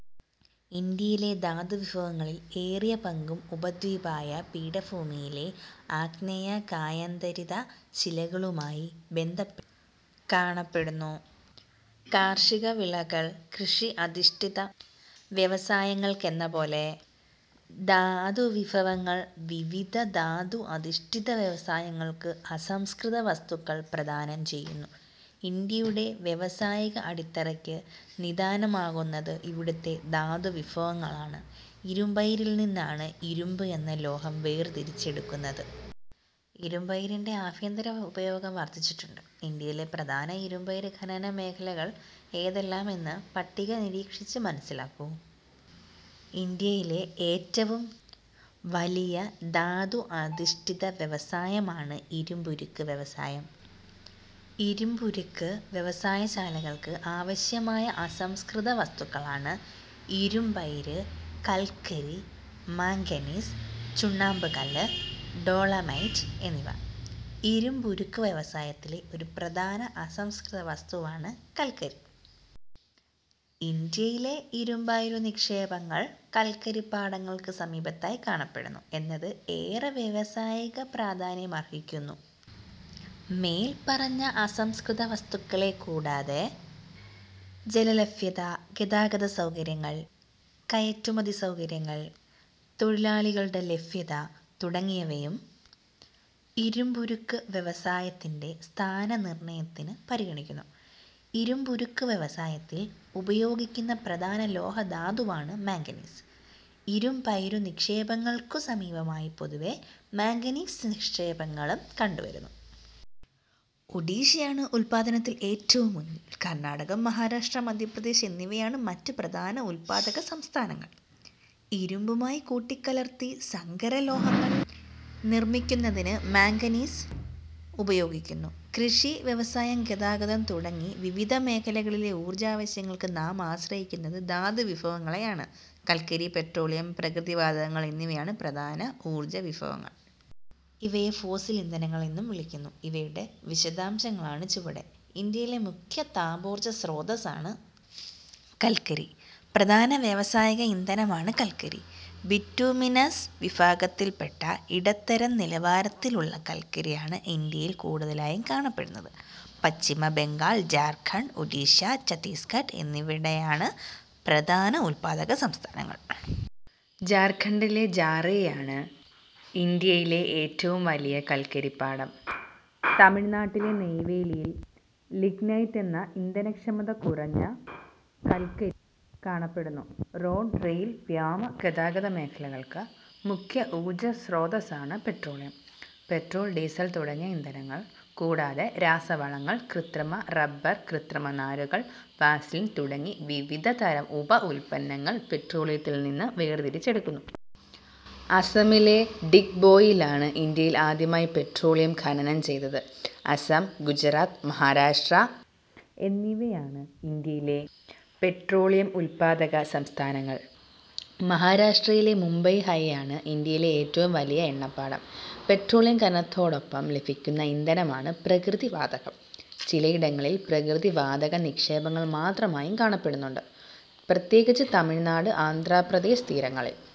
ഇന്ത്യയിലെ ധാതുവിഭവങ്ങളിൽ ഏറിയ പങ്കും ഉപദ്വീപീയ പീഠഭൂമിയിലെ ആഗ്നേയ-കായാന്തരിത ശിലകളുമായി ബന്ധപ്പെട്ട് കാണപ്പെടുന്നു. കാർഷികവിളകൾ കൃഷിയധിഷ്ഠിത വ്യവസായങ്ങൾക്കെന്നപോലെ ധാതുവിഭവങ്ങൾ വിവിധ ധാതു അധിഷ്ഠിത വ്യവസായങ്ങൾക്ക് അസംസ്കൃത വസ്തുക്കൾ പ്രദാനം ചെയ്യുന്നു. ഇന്ത്യയുടെ വ്യാവസായിക അടിത്തറയ്ക്ക് നിദാനമാകുന്നത് ഇവിടത്തെ ധാതുവിഭവങ്ങളാണ്. ഇരുമ്പയിരിൽ നിന്നാണ് ഇരുമ്പ് എന്ന ലോഹം വേർതിരിച്ചെടുക്കുന്നത്. ഇരുമ്പയിരിന്റെ ആഭ്യന്തര ഉപയോഗം വർധിച്ചിട്ടുണ്ട്. ഇന്ത്യയിലെ പ്രധാന ഇരുമ്പയിര് ഖനനമേഖലകൾ ഏതെല്ലാമെന്ന് പട്ടിക നിരീക്ഷിച്ച് മനസ്സിലാക്കൂ. ഇന്ത്യയിലെ ഏറ്റവും വലിയ ധാതു അധിഷ്ഠിത വ്യവസായമാണ് ഇരുമ്പുരുക്ക് വ്യവസായം. ഇരുമ്പുരുക്ക് വ്യവസായശാലകൾക്ക് ആവശ്യമായ അസംസ്കൃത വസ്തുക്കളാണ് ഇരുമ്പയിര്, കൽക്കരി, മാംഗനീസ്, ചുണ്ണാമ്പുകല്ല്, ഡോളമൈറ്റ് എന്നിവ. ഇരുമ്പുരുക്കു വ്യവസായത്തിലെ ഒരു പ്രധാന അസംസ്കൃതവസ്തുവാണ് കൽക്കരി. ഇന്ത്യയിലെ ഇരുമ്പയിരു നിക്ഷേപങ്ങൾ കൽക്കരിപ്പാടങ്ങൾക്ക് സമീപത്തായി കാണപ്പെടുന്നു എന്നത് ഏറെ വ്യാവസായിക പ്രാധാന്യ മർഹിക്കുന്നു. മേൽപ്പറഞ്ഞ അസംസ്കൃതവസ്തുക്കളെ കൂടാതെ ജലലഭ്യത, ഗതാഗത സൗകര്യങ്ങൾ, കയറ്റുമതി സൗകര്യങ്ങൾ, തൊഴിലാളികളുടെ ലഭ്യത തുടങ്ങിയവയും ഇരുമ്പുരുക്കുവ്യവസായത്തിന്റെ സ്ഥാനനിർണയത്തിന് പരിഗണിക്കുന്നു. ഇരുമ്പുരുക്കു വ്യവസായത്തിൽ ഉപയോഗിക്കുന്ന പ്രധാന ലോഹധാതുവാണ് മാംഗനീസ്. ഇരുമ്പയിരു നിക്ഷേപങ്ങൾക്കു സമീപമായി പൊതുവെ മാംഗനീസ് നിക്ഷേപങ്ങളും കണ്ടുവരുന്നു. ഒഡിഷയാണ് ഉൽപ്പാദനത്തിൽ ഏറ്റവും മുന്നിൽ. കർണാടകം, മഹാരാഷ്ട്ര, മധ്യപ്രദേശ് എന്നിവയാണ് മറ്റ് പ്രധാന ഉൽപ്പാദക സംസ്ഥാനങ്ങൾ. ഇരുമ്പുമായി കൂട്ടിക്കലർത്തി സങ്കരലോഹങ്ങൾ നിർമിക്കുന്നതിന് മാംഗനീസ് ഉപയോഗിക്കുന്നു. കൃഷി, വ്യവസായം, ഗതാഗതം തുടങ്ങി വിവിധ മേഖലകളിലെ ഊർജാവശ്യങ്ങൾക്ക് നാം ആശ്രയിക്കുന്നത് ധാതുവിഭവങ്ങളെയാണ്. കൽക്കരി, പെട്രോളിയം, പ്രകൃതിവാതകങ്ങൾ എന്നിവയാണ് പ്രധാന ഊർജ വിഭവങ്ങൾ. ഇവയെ ഫോസിൽ ഇന്ധനങ്ങൾ എന്നും വിളിക്കുന്നു. ഇവയുടെ വിശദാംശങ്ങളാണ് ചുവടെ. ഇന്ത്യയിലെ മുഖ്യ താപോർജസ്രോതസ്സാണ് കൽക്കരി. പ്രധാന വ്യാവസായിക ഇന്ധനമാണ് കൽക്കരി, ബിറ്റുമിനസ് വിഭാഗത്തിൽപ്പെട്ട ഇടത്തരം നിലവാരത്തിലുള്ള കൽക്കരിയാണ് ഇന്ത്യയിൽ കൂടുതലായും കാണപ്പെടുന്നത്. പശ്ചിമ ബംഗാൾ, ഝാർഖണ്ഡ്, ഒഡിഷ, ഛത്തീസ്ഗഡ് എന്നിവയാണ് പ്രധാന ഉൽപ്പാദക സംസ്ഥാനങ്ങൾ. ഝാർഖണ്ഡിലെ ഝാറിയയാണ് ഇന്ത്യയിലെ ഏറ്റവും വലിയ കൽക്കരിപ്പാടം. തമിഴ്നാട്ടിലെ നെയ് വേലിയിൽ ലിഗ്നൈറ്റ് എന്ന ഇന്ധനക്ഷമത കുറഞ്ഞ കൽക്കരി കാണപ്പെടുന്നു. റോഡ്-റെയിൽ വ്യോമ ഗതാഗത മേഖലകൾക്ക് മുഖ്യ ഊർജസ്രോതസ്സാണ് പെട്രോളിയം. പെട്രോൾ, ഡീസൽ തുടങ്ങിയ ഇന്ധനങ്ങൾ കൂടാതെ രാസവളങ്ങൾ, കൃത്രിമ റബർ, കൃത്രിമനാരുകൾ, വാസലിൻ തുടങ്ങി വിവിധ തരം ഉപ ഉൽപ്പന്നങ്ങൾ പെട്രോളിയത്തിൽനിന്നു വേർതിരിച്ചെടുക്കുന്നു. അസമിലെ ഡിഗ്ബോയിലാണ് ഇന്ത്യയിൽ ആദ്യമായി പെട്രോളിയം ഖനനം ചെയ്തത്. അസം, ഗുജറാത്ത്, മഹാരാഷ്ട്ര എന്നിവയാണ്. ഇന്ത്യയിലെ പെട്രോളിയം ഉൽപാദക സംസ്ഥാനങ്ങൾ. മഹാരാഷ്ട്രയിലെ മുംബൈ-ഹൈയാണ് ഇന്ത്യയിലെ ഏറ്റവും വലിയ എണ്ണപ്പാടം. പെട്രോളിയം ഖനനത്തോടൊപ്പം ലഭിക്കുന്ന ഇന്ധനമാണ് പ്രകൃതിവാതകം. ചിലയിടങ്ങങ്ങളിൽ പ്രകൃതിവാതക നിക്ഷേപങ്ങൾ മാത്രമായും കാണപ്പെടുന്നുണ്ട്, പ്രത്യേകിച്ച് തമിഴ്നാട്, ആന്ധ്രാപ്രദേശ് തീരങ്ങളിൽ.